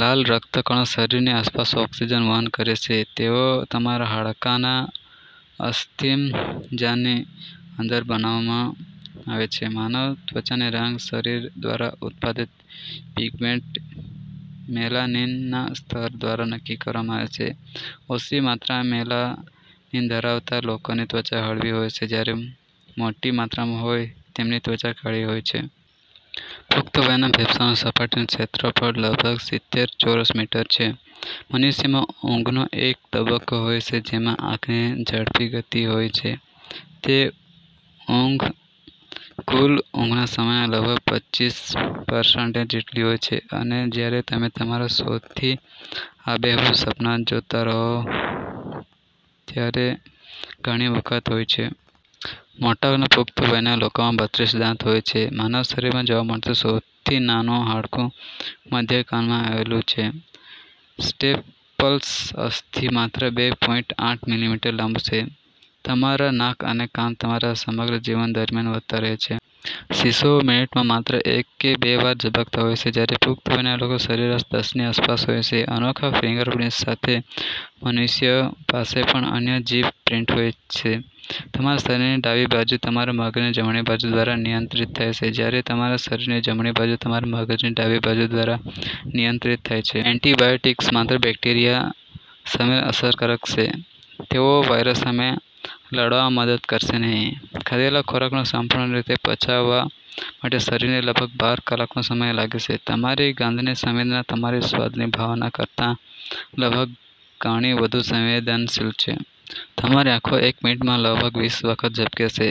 લાલ રક્તકણો શરીરની આસપાસ ઓક્સિજન વહન કરે છે. તેઓ તમારા હાડકાના અસ્થિમજ્જાની અંદર બનાવવામાં આવે છે. માનવ ત્વચાનો રંગ શરીર દ્વારા ઉત્પાદિત પિગમેન્ટ મેલાનિનના સ્તર દ્વારા નક્કી કરવામાં આવે છે. ઓછી માત્રામાં મેલાનિન ધરાવતા લોકોની ત્વચા હળવી હોય છે જ્યારે મોટી માત્રામાં હોય તેમની ત્વચા કાળી હોય છે. પુખ્ત વયના ફેફસાંનું સપાટીનું ક્ષેત્રફળ લગભગ સીતેર ચોરસ મીટર છે! મનુષ્યમાં ઊંઘનો એક તબક્કો હોય છે જેમાં આંખની ઝડપી ગતિ હોય છે. તે ઊંઘ કુલ ઊંઘના સમયના લગભગ પચીસ પરસેન્ટ જેટલી હોય છે, અને જ્યારે તમે તમારા સૌથી આબેહૂબ સપના જોતા હો ત્યારે તે ઘણી વખત હોય છે. મોટાભાગના પુખ્ત વયના લોકોમાં બત્રિસ દાંત હોય છે. માનવ શરીરમાં જોવા મળતું સૌથી નાનું હાડકું મધ્ય કાનમાં આવેલું છે. સ્ટેપલ્સ અસ્થિ માત્ર બે પોઇન્ટ આઠ મિલીમીટર લાંબુ છે. તમારા નાક અને કાન તમારા સમગ્ર જીવન દરમિયાન વધતા રહે છે. શિશુઓ મિનિટમાં માત્ર એક કે બે વાર ઝબકતા હોય છે, જ્યારે પુખ્ત વયના લોકો સરેરાશ દસ ની આસપાસ હોય છે. અનોખા ફિંગરપ્રિન્ટ્સ સાથે, મનુષ્ય પાસે પણ અનન્ય જીભ પ્રિન્ટ હોય છે. તમારા શરીરની ડાબી બાજુ તમારા મગજની જમણી બાજુ દ્વારા નિયંત્રિત થાય છે, જ્યારે તમારા શરીરની જમણી બાજુ તમારા મગજની ડાબી બાજુ દ્વારા નિયંત્રિત થાય છે. એન્ટિબાયોટિક્સ માત્ર બેક્ટેરિયા સામે અસરકારક છે, તેઓ વાયરસ સામે લડવામાં મદદ કરશે નહીં. ખાધેલા ખોરાકને સંપૂર્ણ રીતે પચાવવા માટે શરીરને લગભગ બાર કલાકનો સમય લાગે છે. તમારી ગંધની સંવેદના તમારી સ્વાદની ભાવના કરતાં લગભગ ગણી વધુ સંવેદનશીલ છે. તમારી આંખો એક મિનિટમાં લગભગ વીસ વખત ઝબકે છે,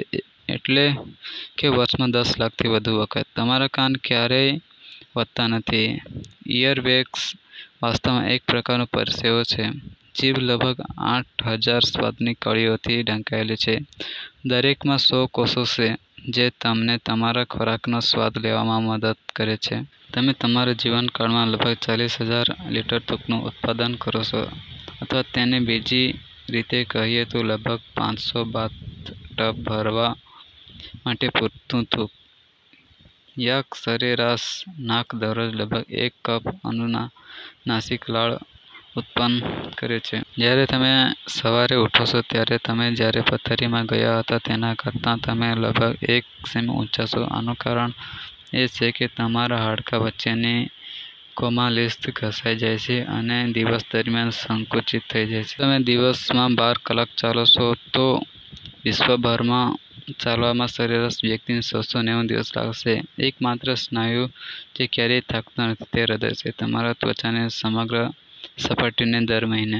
એટલે કે વર્ષમાં દસ લાખથી વધુ વખત! તમારા કાન ક્યારેય વધતા નથી! ઇયરવેક્સ વાસ્તવમાં એક પ્રકારનો પરસેવો છે! જીભ લગભગ આઠહજાર સ્વાદની કળીઓથી ઢંકાયેલી છે, દરેકમાં સો કોષો છે જે તમને તમારા ખોરાકનો સ્વાદ લેવામાં મદદ કરે છે! તમે તમારા જીવનકાળમાં લગભગ ચાલીસહજાર લિટર થૂંકનું ઉત્પાદન કરો છો. અથવા તેને બીજી રીતે કહીએ તો, લગભગ પાંચસો બાથટબ ભરવા માટે પૂરતું થૂંકવું. યાક! સરેરાશ નાક દરરોજ લગભગ એક કપ અનુનાસિક લાળ ઉત્પન્ન કરે છે! જ્યારે તમે સવારે ઉઠો છો, ત્યારે તમે જ્યારે પથારીમાં ગયા હતા તેના કરતા તમે લગભગ એક સેમી ઉંચા છો. આનું કારણ એ છે કે તમારા હાડકાં વચ્ચેની કોમલાસ્થિ ઘસાઈ જાય છે અને દિવસ દરમિયાન સંકુચિત થઈ જાય છે. જો તમે દિવસમાં બાર કલાક ચાલો છો, તો વિશ્વભરમાં ચાલવામાં સરેરાશ વ્યક્તિને છસોનેવું દિવસ લાગશે. એકમાત્ર સ્નાયુ જે ક્યારેય થાકતો નથી તે હૃદય છે. તમારી ત્વચાની સમગ્ર સપાટી દર મહિને